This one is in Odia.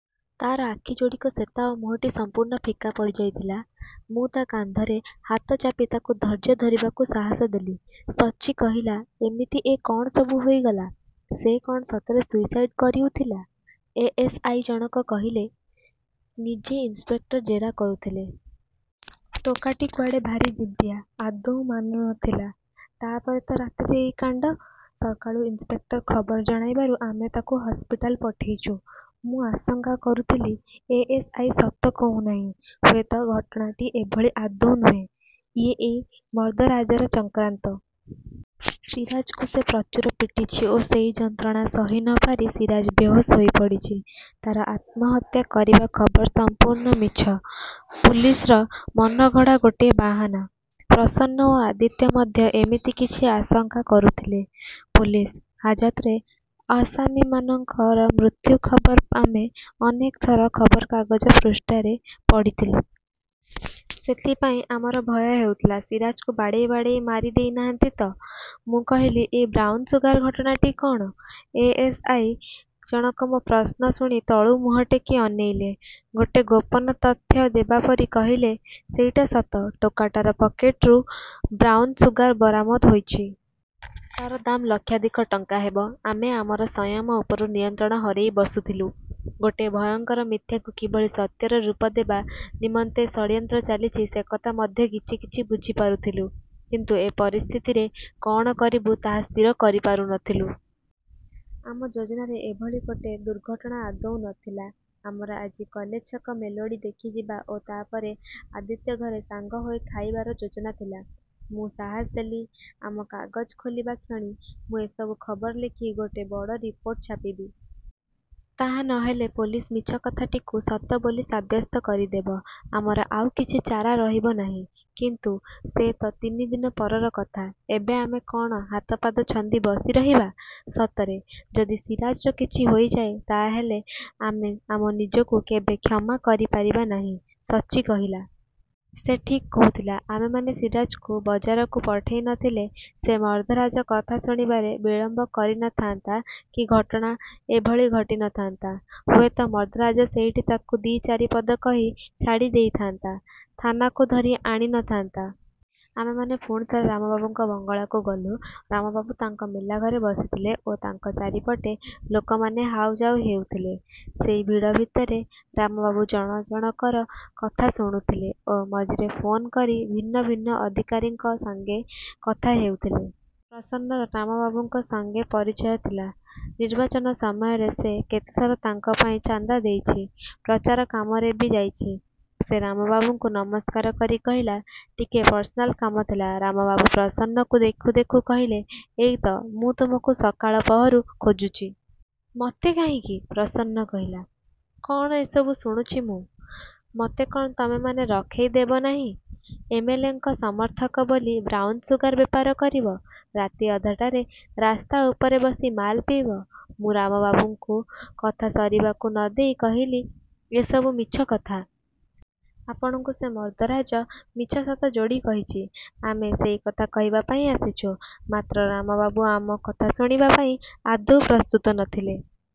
ତାର ଆଖିଯୋଡ଼ିକ ଶେତା ଓ ମୁହଁଟି ସମ୍ପୂର୍ଣ୍ଣ ଫିକା ପଡ଼ିଯାଇଥିଲା। ମୁଁ ତା କାନ୍ଧରେ ହାତ ଚାପି ତାକୁ ଧୈର୍ଯ୍ୟ ଧରିବାକୁ ସାହସ ଦେଲି। ସଚ୍ଚି କହିଲା, "ଏମିତି ଏ କଣ ସବୁ ହୋଇଗଲା? ସେ କଣ ସତରେ ସୁଇସାଇଡ କରିଉଥିଲା?"ଏଏସ୍‌ଆଇ ଜଣକ କହିଲେ, "ନିଜେ ଇନ୍ସପେକ୍ଟର ଜେରା କରୁଥିଲେ। ଟୋକାଟି କୁଆଡ଼େ ଭାରି ଜିଦିଆ। ଆଦୌ ମାନୁ ନଥିଲା। ତାପରେ ତ ରାତିରେ ଏଇ କାଣ୍ଡ। ସକାଳୁ ଇନ୍ସପେକ୍ଟର ଖବର ଜଣାଇବାରୁ ଆମେ ତାକୁ ହସ୍ପିଟାଲ ପଠେଇଛୁ।"ମୁଁ ଆଶଙ୍କା କରୁଥିଲି, ଏଏସ୍‌ଆଇ ସତ କହୁନାହିଁ। ହୁଏତ ଘଟଣାଟି ଏଭଳି ଆଦୌ ନୁହେଁ। ଇଏ ଏଇ ମର୍ଦ୍ଦରାଜର ଚକ୍ରାନ୍ତ। ସିରାଜକୁ ସେ ପ୍ରଚୁର ପିଟିଛି ଓ ସେଇ ଯନ୍ତ୍ରଣା ସହି ନପାରି ସିରାଜ ବେହୋସ ହୋଇପଡ଼ିଛି। ତାର ଆତ୍ମହତ୍ୟା କରିବା ଖବର ସମ୍ପୂର୍ଣ୍ଣ ମିଛ, ପୁଲିସର ମନଗଢ଼ା ଗୋଟେ ବାହାନା। ପ୍ରସନ୍ନ ଓ ଆଦିତ୍ୟ ମଧ୍ୟ ଏମିତି କିଛି ଆଶଙ୍କା କରୁଥିଲେ। ପୁଲିସ ହାଜତରେ ଆସାମୀମାନଙ୍କର ମୃତ୍ୟୁ ଖବର ଆମେ ଅନେକ ଥର ଖବରକାଗଜ ପୃଷ୍ଠାରୁ ପଢ଼ିଥିଲୁ। ସେଥିପାଇଁ ଆମର ଭୟ ହେଉଥିଲା, ସିରାଜକୁ ବାଡ଼େଇ ବାଡ଼େଇ ମାରି ଦେଇନାହାନ୍ତି ତ! ମୁଁ କହିଲି, "ଏ ବ୍ରାଉନ ସୁଗାର ଘଟଣାଟି କଣ?"ଏଏସ୍‌ଆଇ ଜଣକ ମୋ ପ୍ରଶ୍ନ ଶୁଣି ତଳୁ ମୁହଁଟେକି ଅନେଇଲେ। ଗୋଟେ ଗୋପନ ତଥ୍ୟ ଦେବାପରି କହିଲେ, "ସେଇଟା ସତ। ଟୋକାଟାର ପକେଟ୍ରୁ ବ୍ରାଉନ ସୁଗାର ବରାମଦ ହୋଇଛି। ତାର ଦାମ୍ ଲକ୍ଷାଧିକ ଟଙ୍କା ହେବ।"ଆମେ ଆମର ସଂଯମ ଉପରୁ ନିୟନ୍ତ୍ରଣ ହରେଇ ବସୁଥିଲୁ। ଗୋଟେ ଭୟଙ୍କର ମିଥ୍ୟାକୁ କିଭଳି ସତ୍ୟର ରୂପ ଦେବା ନିମନ୍ତେ ଷଡ୍ଯନ୍ତ୍ର ଚାଲିଛି ସେକଥା ମଧ୍ୟ କିଛି କିଛି ବୁଝିପାରୁଥିଲୁ। କିନ୍ତୁ ଏ ପରିସ୍ଥିତିରେ କଣ କରିବୁ, ତାହା ସ୍ଥିର କରିପାରୁ ନଥିଲୁ। ଆମ ଯୋଜନାରେ ଏଭଳି ଗୋଟେ ଦୁର୍ଘଟଣା ଆଦୌ ନଥିଲା। ଆମର ଆଜି କଲେଜଛକ ମେଲୋଡ଼ି ଦେଖିଯିବା ଓ ତାପରେ ଆଦିତ୍ୟ ଘରେ ସାଙ୍ଗ ହୋଇ ଖାଇବାର ଯୋଜନା ଥିଲା। ମୁଁ ସାହସ ଦେଲି, "ଆମ କାଗଜ ଖୋଲିବା କ୍ଷଣି ମୁଁ ଏସବୁ ଖବର ଲେଖି ଗୋଟେ ବଡ଼ ରିପୋର୍ଟ ଛାପିବି। ତାହା ନ ହେଲେ ପୋଲିସ ମିଛ କଥାଟିକୁ ସତ ବୋଲି ସାବ୍ୟସ୍ତ କରିଦେବ। ଆମର ଆଉ କିଛି ଚାରା ରହିବ ନାହିଁ।" "କିନ୍ତୁ ସେ ତ ତିନିଦିନ ପରର କଥା। ଏବେ ଆମେ କଣ ହାତପାଦ ଛନ୍ଦି ବସିରହିବା! ସତରେ ଯଦି ସିରାଜର କିଛି ହୋଇଯାଏ ତାହାହେଲେ ଆମେ ଆମ ନିଜକୁ କେବେ କ୍ଷମା କରିପାରିବା ନାହିଁ," ସଚ୍ଚି କହିଲା। ସେ ଠିକ୍ କହୁଥିଲା। ଆମେମାନେ ସିରାଜକୁ ବଜାରକୁ ପଠେଇ ନଥିଲେ ସେ ମର୍ଦ୍ଦରାଜ କଥା ଶୁଣିବାରେ ବିଳମ୍ବ କରି ନଥାନ୍ତା କି ଘଟଣା ଏଭଳି ଘଟି ନଥାନ୍ତା। ହୁଏତ ମର୍ଦ୍ଦରାଜ ସେଇଠି ତାକୁ ଦି ଚାରିପଦ କହି ଛାଡ଼ି ଦେଇଥାଆନ୍ତା। ଥାନାକୁ ଧରି ଆଣି ନଥାନ୍ତା। ଆମେମାନେ ପୁଣି ଥରେ ରାମବାବୁଙ୍କ ବଙ୍ଗଳାକୁ ଗଲୁ। ରାମବାବୁ ତାଙ୍କ ମେଲାଘରେ ବସିଥିଲେ ଓ ତାଙ୍କ ଚାରିପଟେ ଲୋକମାନେ ହାଉଯାଉ ହେଉଥିଲେ। ସେଇ ଭିଡ଼ ଭିତରେ ରାମବାବୁ ଜଣ ଜଣକର କଥା ଶୁଣୁଥିଲେ ଓ ମଝିରେ ଫୋନ୍ କରି ଭିନ୍ନ ଭିନ୍ନ ଅଧିକାରୀଙ୍କ ସାଙ୍ଗେ କଥା ହେଉଥିଲେ। ପ୍ରସନ୍ନର ରାମବାବୁଙ୍କ ସାଙ୍ଗେ ପରିଚୟ ଥିଲା। ନିର୍ବାଚନ ସମୟରେ ସେ କେତେଥର ତାଙ୍କ ପାଇଁ ଚାନ୍ଦା ଦେଇଛି। ପ୍ରଚାର କାମରେ ବି ଯାଇଛି। ସେ ରାମବାବୁଙ୍କୁ ନମସ୍କାର କରି କହିଲା, "ଟିକେ ପର୍ସନାଲ କାମ ଥିଲା।"ରାମବାବୁ ପ୍ରସନ୍ନକୁ ଦେଖୁ ଦେଖୁ କହିଲେ, "ଏଇତ! ମୁଁ ତୁମକୁ ସକାଳ ପହରୁ ଖୋଜୁଛି।" "ମୋତେ? କାହିଁକି!" ପ୍ରସନ୍ନ କହିଲା। "କଣ ଏସବୁ ଶୁଣୁଛି ମୁଁ? ମୋତେ କଣ ତମେମାନେ ରଖେଇ ଦେବ ନାହିଁ! ଏମ୍‌ଏଲ୍‌ଏଙ୍କ ସମର୍ଥକ ବୋଲି ବ୍ରାଉନ ସୁଗାର ବେପାର କରିବ। ରାତି ଅଧଟାରେ ରାସ୍ତା ଉପରେ ବସି ମାଲ ପିଇବ!"ମୁଁ ରାମବାବୁଙ୍କୁ କଥା ସାରିବାକୁ ନ ଦେଇ କହିଲି, "ଏସବୁ ମିଛ କଥା। ଆପଣଙ୍କୁ ସେ ମର୍ଦ୍ଦରାଜ ମିଛ ସତ ଯୋଡ଼ି କହିଛି। ଆମେ ସେଇକଥା କହିବା ପାଇଁ ଆସିଛୁ।"ମାତ୍ର ରାମବାବୁ ଆମ କଥା ଶୁଣିବା ପାଇଁ ଆଦୌ ପ୍ରସ୍ତୁତ ନଥିଲେ।